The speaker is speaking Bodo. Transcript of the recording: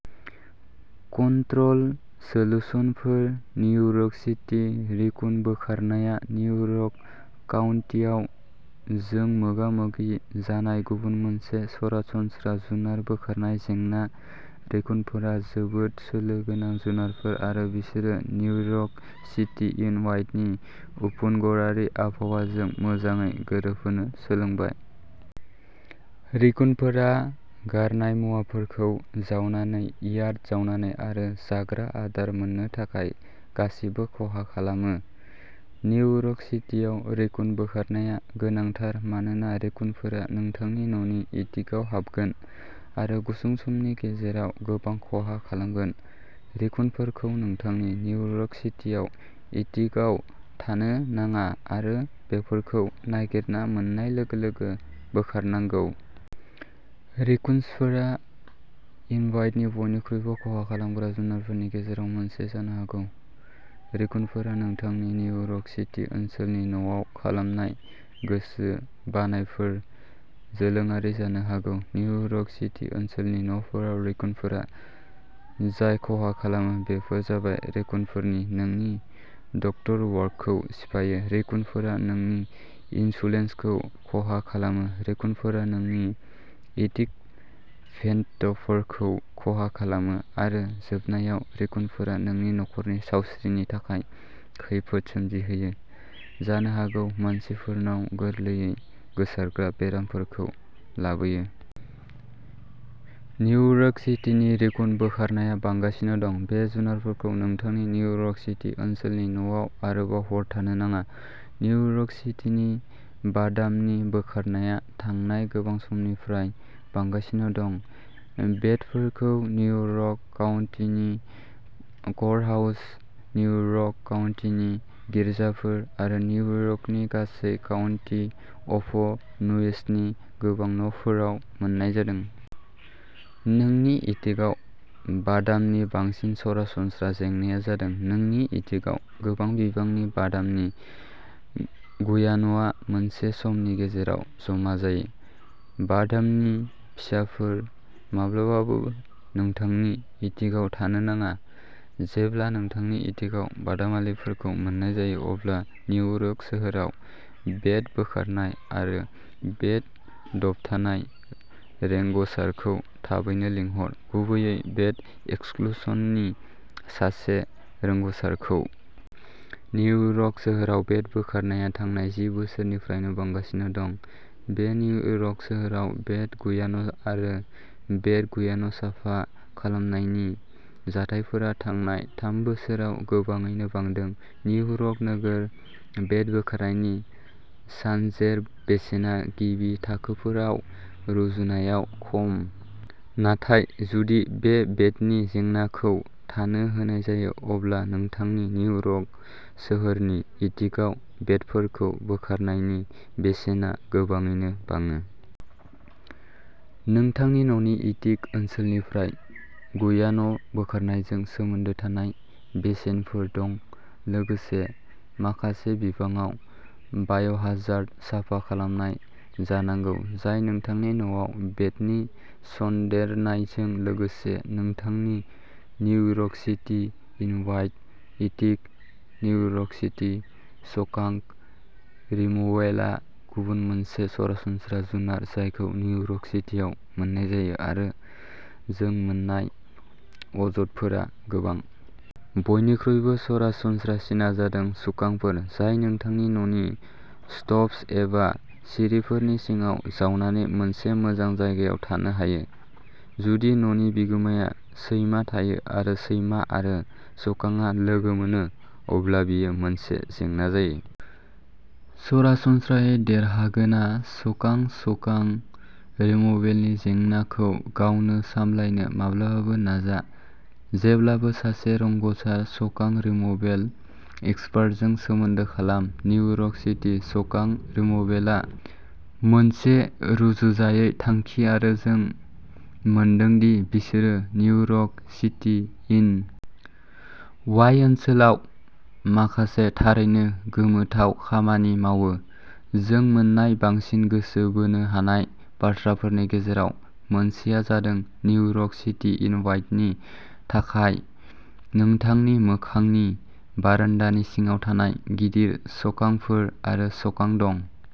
कन्ट्र'ल सोलुसनफोर। निउयर्क सिटी रेकुन बोखारनाया निउयर्क काउन्टीआव जों मोगा-मोगि जानाय गुबुन मोनसे सरासनस्रा जुनार बोखारनाय जेंना। रेकुनफोरा जोबोद सोलो गोनां जुनारफोर आरो बिसोरो निउयर्क सिटी, एन. वाइ. नि उपनगरारि आबहावाजों मोजाङै गोरोबहोनो सोलोंबाय। रेकुनफोरा गारनाय मुवाफोरखौ जावनानै, यार्ड जावनानै आरो जाग्रा आदार मोननो थाखाय गासिबो खहा खालामो। निउयर्क सिटीआव रेकुन बोखारनाया गोनांथार मानोना रेकुनफोरा नोंथांनि न'नि एटिकआव हाबगोन आरो गुसुं समनि गेजेराव गोबां खहा खालामगोन। रेकुनफोरखौ नोंथांनि निउयर्क सिटी एटिकआव थानो नाङा आरो बेफोरखौ नागिरना मोन्नाय लोगो-लोगो बोखारनांगौ। रेकुनफोरा एन. वाइ. नि बयनिख्रुइबो खहा खालामग्रा जुनारफोरनि गेजेराव मोनसे जानो हागौ। रेकुनफोरा नोंथांनि निउयर्क सिटी ओनसोलनि न'आव खालामनाय गोसो बायनायफोर। जोंलारि जानो हागौ। निउयर्क सिटी ओनसोलनि न'फोराव रेकुनफोरा जाय खहा खालामो, बेफोर जाबायः रेकुनफोरा नोंनि डक्टवर्कखौ सिफायो, रेकुनफोरा नोंनि इनसुलेसनखौ हा खालामो, रेकुनफोरा नोंनि एटिक भेन्टफोरखौ खहा खालामो आरो जोबनायाव रेकुनफोरा नोंनि नखरनि सावस्रिनि थाखाय खैफोद सोमजिहोयो, जानो हागौ मानसिफोरनाव गोरलैयै गोसारग्रा बेरामफोरखौ लाबोयो। निउयर्क सिटीनि रेकुन बोखारनाया बांगासिनो दं, बे जुनारखौ नोंनि निउयर्क सिटी ओनसोलनि न'आव आरोबाव हर थानो नाङा। निउयर्क सिटीनि बादामनि बोखारनाया थांनाय गोबां बोसोरफोरनिफ्राय बांगासिनो दं। बेटफोरखौ निउयर्क काउंटीनि कर्टहाउस, निउयर्क काउंटीनि गिर्जाफोर आरो निउयर्कनि गासै काउन्टी अफ नुएसनि गोबां न'फोराव मोन्नाय जादों। नोंनि एटिकआव बादामनि बांसिन सरासनस्रा जेंनाया जादों नोंनि एटिकआव गोबां बिबांनि बादामनि गुयान'आ मोनसे समनि गेजेराव जमा जायो। बादामनि फिसाफोर। माब्लाबाबो नोंथांनि एटिकआव थानो नाङा। जेब्ला नोंथांनि एटिकआव बादामालिफोरखौ मोन्नाय जायो, अब्ला निउयर्क सोहोराव बेट बोखारनाय आरो बेट दबथायनाय रोंग'सारखौ थाबैनो लेंहर, गुबैयै बेट एक्सक्लुसननि सासे रोंग'सारखौ। निउयर्क सोहोराव बेट बोखारनाया थांनाय जि बोसोरनिफ्राय बांगासिनो दं, बे निउयर्क सोहोराव बेट गुयान'आरो बेट गुयान'साफा खालामनायनि जाथायफोरा थांनाय थाम बोसोराव गोबाङैनो बांदों। निउयर्क नोगोर बेट बोखारनायनि सानजेर बेसेना गिबि थाखोफोराव रुजुनायाव खम, नाथाय जुदि बे बेटनि जेंनाखौ थानो होनाय जायो, अब्ला नोंथांनि निउयर्क सोहोरनि एटिकआव बेटफोरखौ बोखारनायनि बेसेना गोबाङैनो बाङो। नोंथांनि न'नि एटिक ओनसोलनिफ्राय गुयान'बोखारनायजों सोमोन्दो थानाय बेसेनफोर दं। लोगोसे माखासे बिबाङाव बाय'हजार्ड साफा खालामनाय जानांगौ जाय नोंथांनि न'आव बेटनि सन्देरनायजों लोगोसे थांनांनि। New York city, N. वाइ. एटिक। निउयर्क सिटी स्कांक रिमुवेलआ गुबुन मोनसे सरासनस्रा जुनार जायखौ निउयर्क सिटीआव मोन्नाय जायो आरो जों मोन्नाय अजदफोरा गोबां। बयनिख्रुइबो सरासनस्रासिनआ जादों स्कांकफोर, जाय नोंथांनि न'नि स्टुप्स एबा सिरिफोरनि सिङाव जावनानै मोनसे मोजां जायगायाव थानो हायो। जुदि न'नि बिगोमाया सैमा थायो आरो सैमा आरो स्कांकआ लोगो मोनो, अब्ला बेयो मोनसे जेंना जायो। सरासनस्रायै देरहागोना स्कांक। स्कांक रिमुवेलनि जेंनाखौ गावनो सामलायनो माब्लाबाबो नाजा, जेब्लाबो सासे रोंग'सार स्कांक रिमुवेल एक्सपार्टजों सोमोन्दो खालाम। निउयर्क सिटी स्कांक रिमभेलआ मोनसे रुजुजायै थांखि आरो जों मोनदों दि बिसोरो निउयर्क सिटी, एन. वाइ. ओनसोलाव माखासे थारैनो गोमोथाव खामानि मावो। जों मोन्नाय बांसिन गोसो बोनो हानाय बाथ्राफोरनि गेजेराव मोनसेआ जादों निउयर्क सिटी, एन. वाइ. नि थाखाय, नोंथांनि मोखांनि बारान्दानि सिङाव थानाय गिदिर स्कांकफोर आरो स्कांक दं।